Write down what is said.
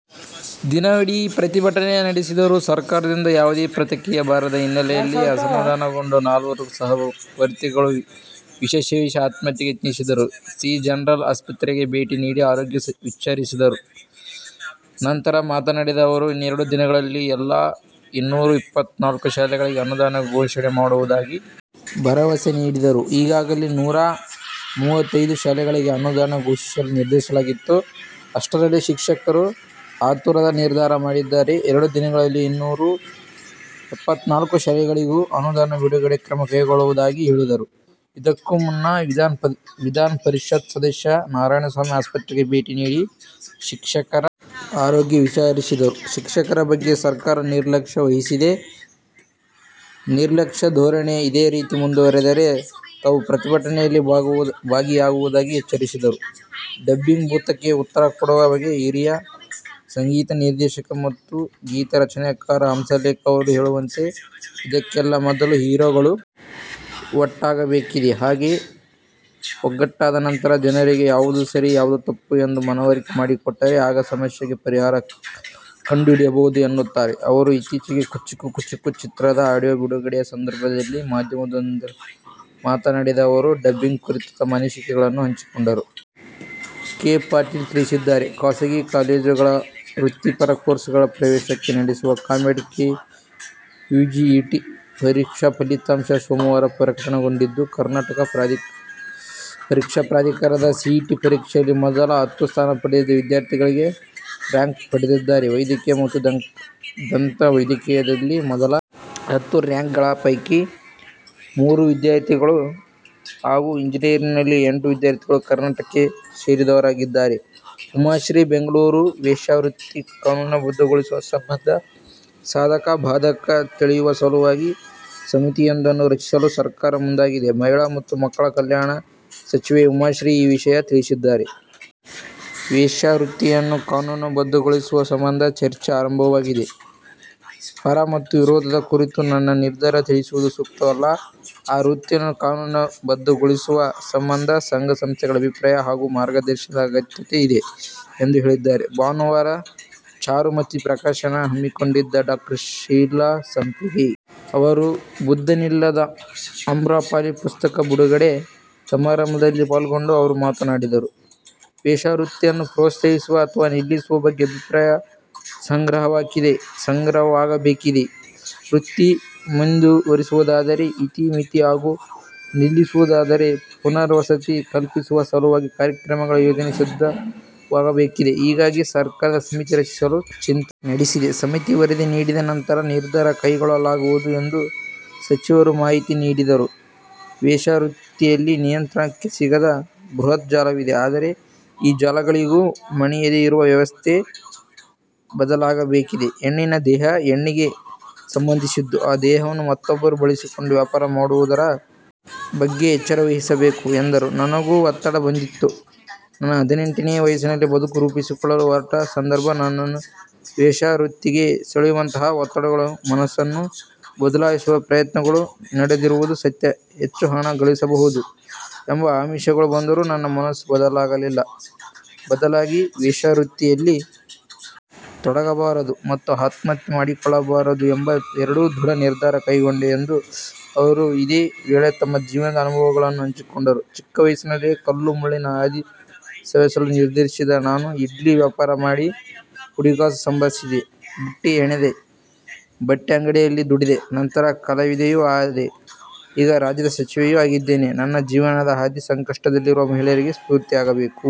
ದಿನವಿಡೀ ಪ್ರತಿಭಟನೆ ನಡೆಸಿದರೂ ಸರ್ಕಾರದಿಂದ ಯಾವುದೇ ಪ್ರತಿಕ್ರಿಯೆ ಬಾರದ ಹಿನ್ನೆಲೆಯಲ್ಲಿ ಅಸಮಾಧಾನಗೊಂಡು ನಾಲ್ವರು ಸಹವರ್ತಿಗಳು ವಿಷಸೇವಿಸಿ ಆತ್ಮಹತ್ಯೆಗೆ ಯತ್ನಿಸಿದರು ಸಿ ಜನರಲ್ ಆಸ್ಪತ್ರೆಗೆ ಭೇಟಿ ನೀಡಿ ಆರೋಗ್ಯ ವಿಚಾರಿಸಿದರು ನಂತರ ಮಾತನಾಡಿದ ಅವರು ಇನ್ನೆರಡು ದಿನಗಳಲ್ಲಿ ಎಲ್ಲಾ ಇನ್ನೂರ ಎಪ್ಪತ್ತನಾಲ್ಕು ಶಾಲೆಗಳಿಗೆ ಅನುದಾನ ಘೋಷಣೆ ಮಾಡುವುದಾಗಿ ಭರವಸೆ ನೀಡಿದರು ಈಗಾಗಲೇ ನೂರ ಮೂವತ್ತೈದು ಶಾಲೆಗಳಿಗೆ ಅನುದಾನ ಘೋಷಿಸಲು ನಿರ್ಧರಿಸಲಾಗಿತ್ತು ಅಷ್ಟರಲ್ಲಿ ಶಿಕ್ಷಕರು ಆತುರದ ನಿರ್ಧಾರ ಮಾಡಿದ್ದಾರೆ ಎರಡು ದಿನಗಳಲ್ಲಿ ಇನ್ನೂರ ಎಪ್ಪತ್ತನಾಲ್ಕು ಶಾಲೆಗಳಿಗೂ ಅನುದಾನ ಬಿಡುಗಡೆ ಕ್ರಮ ಕೈಗೊಳ್ಳುವುದಾಗಿ ಹೇಳಿದರು ಇದಕ್ಕೂ ಮುನ್ನ ವಿಧಾನಪರಿಷತ್ ಸದಸ್ಯ ನಾರಾಯಣಸ್ವಾಮಿ ಆಸ್ಪತ್ರೆಗೆ ಭೇಟಿ ನೀಡಿ ಶಿಕ್ಷಕರ ಆರೋಗ್ಯ ವಿಚಾರಿಸಿದರು ಶಿಕ್ಷಕರ ಬಗ್ಗೆ ಸರ್ಕಾರ ನಿರ್ಲಕ್ಷ್ಯ ವಹಿಸಿದೆ ನಿರ್ಲಕ್ಷ್ಯ ಧೋರಣೆ ಇದೇ ರೀತಿ ಮುಂದುವರೆದರೆ ತಾವೂ ಪ್ರತಿಭಟನೆಯಲ್ಲಿ ಭಾಗಿಯಾಗುವುದಾಗಿ ಎಚ್ಚರಿಸಿದರು ಡಬ್ಬಿಂಗ್ ಭೂತಕ್ಕೆ ಉತ್ತರ ಕೊಡುವ ಬಗೆ ಹೇಗೆ ಹಿರಿಯ ಸಂಗೀತ ನಿರ್ದೇಶಕ ಮತ್ತು ಗೀತರಚನೆಕಾರ ಹಂಸಲೇಖ ಅವರು ಹೇಳುವಂತೆ ಇದಕ್ಕೆಲ್ಲಾ ಮೊದಲು ಹೀರೋಗಳು ಒಗ್ಗಟ್ಟಾಗಬೇಕಿದೆ ಹಾಗೆ ಒಗ್ಗಟ್ಟಾದ ನಂತರ ಜನರಿಗೆ ಯಾವುದು ಸರಿ ಯಾವುದು ತಪ್ಪು ಎಂದು ಮನವರಿಕೆ ಮಾಡಿಕೊಟ್ಟರೆ ಆಗ ಸಮಸ್ಯೆಗೆ ಪರಿಹಾರ ಕಂಡುಹಿಡಿಯಬಹುದು ಎನ್ನುತ್ತಾರೆ ಅವರು ಇತ್ತೀಚೆಗೆ ಕುಚಿಕು ಕುಚಿಕು ಚಿತ್ರದ ಆಡಿಯೋ ಬಿಡುಗಡೆಯ ಸಂದರ್ಭದಲ್ಲಿ ಮಾಧ್ಯಮದವರೊಂದಿಗೆ ಮಾತನಾಡಿದ ಅವರು ಡಬ್ಬಿಂಗ್ ಕುರಿತು ತಮ್ಮ ಅನಿಸಿಕೆಗಳನ್ನು ಹಂಚಿಕೊಂಡರು ಕೆ ಪಾಟೀಲ್ ತಿಳಿಸಿದ್ದಾರೆ ಖಾಸಗಿ ಕಾಲೇಜುಗಳ ವೃತ್ತಿಪರ ಕೋರ್ಸ್‌ಗಳ ಪ್ರವೇಶಕ್ಕೆ ನಡೆಸುವ ಕಾಮೆಡ್ ಕೆ ಯುಜಿಇಟಿ ಪರೀಕ್ಷಾ ಫಲಿತಾಂಶ ಸೋಮವಾರ ಪ್ರಕಟಗೊಂಡಿದ್ದು ಕರ್ನಾಟಕ ಪರೀಕ್ಷಾ ಪ್ರಾಧಿಕಾರದ ಸಿಇಟಿ ಪರೀಕ್ಷೆಯಲ್ಲಿ ಮೊದಲ ಹತ್ತು ಸ್ಥಾನ ಪಡೆದಿದ್ದ ವಿದ್ಯಾರ್ಥಿಗಳೇ ರ್ಯಾಂಕ್ ಪಡೆದಿದ್ದಾರೆ ವೈದ್ಯಕೀಯ ಮತ್ತು ದಂತ ವೈದ್ಯಕೀಯದಲ್ಲಿ ಮೊದಲ ಹತ್ತು ರ್ಯಾಂಕ್‌ಗಳ ಪೈಕಿ ಮೂರು ವಿದ್ಯಾರ್ಥಿಗಳು ಹಾಗೂ ಎಂಜಿನಿಯರಿಂಗ್‌ನಲ್ಲಿ ಎಂಟು ವಿದ್ಯಾರ್ಥಿಗಳು ಕರ್ನಾಟಕಕ್ಕೆ ಸೇರಿದವರಾಗಿದ್ದಾರೆ ಉಮಾಶ್ರೀ ಬೆಂಗಳೂರು ವೇಶ್ಯಾವೃತ್ತಿ ಕಾನೂನುಬದ್ಧಗೊಳಿಸುವ ಸಂಬಂಧ ಸಾಧಕ ಬಾಧಕ ತಿಳಿಯುವ ಸಲುವಾಗಿ ಸಮಿತಿಯೊಂದನ್ನು ರಚಿಸಲು ಸರ್ಕಾರ ಮುಂದಾಗಿದೆ ಮಹಿಳಾ ಮತ್ತು ಮಕ್ಕಳ ಕಲ್ಯಾಣ ಸಚಿವೆ ಉಮಾಶ್ರೀ ಈ ವಿಷಯ ತಿಳಿಸಿದ್ದಾರೆ ವೇಶ್ಯಾವೃತ್ತಿಯನ್ನು ಕಾನೂನುಬದ್ಧಗೊಳಿಸುವ ಸಂಬಂಧ ಚರ್ಚೆ ಆರಂಭವಾಗಿದೆ ಪರ ಮತ್ತು ವಿರೋಧದ ಕುರಿತು ನನ್ನ ನಿರ್ಧಾರ ತಿಳಿಸುವುದು ಸೂಕ್ತವಲ್ಲ ಆ ವೃತ್ತಿಯನ್ನು ಕಾನೂನುಬದ್ಧಗೊಳಿಸುವ ಸಂಬಂಧ ಸಂಘ ಸಂಸ್ಥೆಗಳ ಅಭಿಪ್ರಾಯ ಹಾಗೂ ಮಾರ್ಗದರ್ಶನದ ಅಗತ್ಯತೆ ಇದೆ ಎಂದು ಹೇಳಿದ್ದಾರೆ ಭಾನುವಾರ ಚಾರುಮತಿ ಪ್ರಕಾಶನ ಹಮ್ಮಿಕೊಂಡಿದ್ದ ಡಾ ಲೀಲಾ ಸಂಪಿಗೆ ಅವರ ಬುದ್ಧನಿಲ್ಲದ ಅಮ್ರಪಾಲಿ ಪುಸ್ತಕ ಬಿಡುಗಡೆ ಸಮಾರಂಭದಲ್ಲಿ ಪಾಲ್ಗೊಂಡು ಅವರು ಮಾತನಾಡಿದರು ವೇಶ್ಯಾವೃತ್ತಿಯನ್ನು ಪ್ರೋತ್ಸಾಹಿಸುವ ಅಥವಾ ನಿಲ್ಲಿಸುವ ಬಗ್ಗೆ ಅಭಿಪ್ರಾಯ ಸಂಗ್ರಹವಾಗಬೇಕಿದೆ ವೃತ್ತಿ ಮುಂದುವರೆಸುವುದಾದರೆ ಇತಿ ಮಿತಿ ಹಾಗೂ ನಿಲ್ಲಿಸುವುದಾದರೆ ಪುನರ್ವಸತಿ ಕಲ್ಪಿಸುವ ಸಲುವಾಗಿ ಕಾರ್ಯಕ್ರಮಗಳ ಯೋಜನೆ ಸಿದ್ಧವಾಗಬೇಕಿದೆ ಹೀಗಾಗಿ ಸರ್ಕಾರ ಸಮಿತಿ ರಚಿಸಲು ಚಿಂತನೆ ನಡೆಸಿದೆ ಸಮಿತಿ ವರದಿ ನೀಡಿದ ನಂತರ ನಿರ್ಧಾರ ಕೈಗೊಳ್ಳಲಾಗುವುದು ಎಂದು ಸಚಿವರು ಮಾಹಿತಿ ನೀಡಿದರು ವೇಶ್ಯಾವೃತ್ತಿಯಲ್ಲಿ ನಿಯಂತ್ರಣಕ್ಕೆ ಸಿಗದ ಬೃಹತ್ ಜಾಲವಿದೆ ಆದರೆ ಈ ಜಾಲಗಳಿಗೂ ಮಣಿಯದೆ ಇರುವ ವ್ಯವಸ್ಥೆ ಬದಲಾಗಬೇಕಿದೆ ಹೆಣ್ಣಿನ ದೇಹ ಹೆಣ್ಣಿಗೆ ಸಂಬಂಧಿಸಿದ್ದು ಆ ದೇಹವನ್ನು ಮತ್ತೊಬ್ಬರು ಬಳಸಿಕೊಂಡು ವ್ಯಾಪಾರ ಮಾಡುವುದರ ಬಗ್ಗೆ ಎಚ್ಚರವಹಿಸಬೇಕು ಎಂದರು ನನಗೂ ಒತ್ತಡ ಬಂದಿತ್ತು ನನ್ನ ಹದಿನೆಂಟನೇ ವಯಸ್ಸಿನಲ್ಲಿ ಬದುಕು ರೂಪಿಸಿಕೊಳ್ಳಲು ಹೊರಟ ಸಂದರ್ಭ ನನ್ನನ್ನು ವೇಶ್ಯಾವೃತ್ತಿಗೆ ಸೆಳೆಯುವಂತಹ ಒತ್ತಡಗಳು ಮನಸ್ಸನ್ನು ಬದಲಾಯಿಸುವ ಪ್ರಯತ್ನಗಳು ನಡೆದಿರುವುದು ಸತ್ಯ ಹೆಚ್ಚು ಹಣ ಗಳಿಸಬಹುದು ಎಂಬ ಆಮಿಷಗಳು ಬಂದರೂ ನನ್ನ ಮನಸ್ಸು ಬದಲಾಗಲಿಲ್ಲ ಬದಲಾಗಿ ವೇಶ್ಯಾವೃತ್ತಿಯಲ್ಲಿ ತೊಡಗಬಾರದು ಮತ್ತು ಆತ್ಮಹತ್ಯೆ ಮಾಡಿಕೊಳ್ಳಬಾರದು ಎಂಬ ಎರಡು ದೃಢ ನಿರ್ಧಾರ ಕೈಗೊಂಡೆ ಎಂದು ಅವರು ಇದೇ ವೇಳೆ ತಮ್ಮ ಜೀವನದ ಅನುಭವಗಳನ್ನು ಹಂಚಿಕೊಂಡರು ಚಿಕ್ಕವಯಸ್ಸಿನಲ್ಲೇ ಕಲ್ಲು ಮುಳ್ಳಿನ ಹಾದಿ ಸವೆಸಲು ನಿರ್ಧರಿಸಿದ ನಾನು ಇಡ್ಲಿ ವ್ಯಾಪಾರ ಮಾಡಿ ಪುಡಿಗಾಸು ಸಂಪಾದಿಸಿದೆ ಬುಟ್ಟಿ ಹೆಣೆದೆ ಬಟ್ಟೆ ಅಂಗಡಿಯಲ್ಲಿ ದುಡಿದೆ ನಂತರ ಕಲಾವಿದೆಯೂ ಆದೆ ಈಗ ರಾಜ್ಯದ ಸಚಿವೆಯೂ ಆಗಿದ್ದೇನೆ ನನ್ನ ಜೀವನದ ಹಾದಿ ಸಂಕಷ್ಟದಲ್ಲಿರುವ ಮಹಿಳೆಗೆ ಸ್ಫೂರ್ತಿಯಾಗಬೇಕು.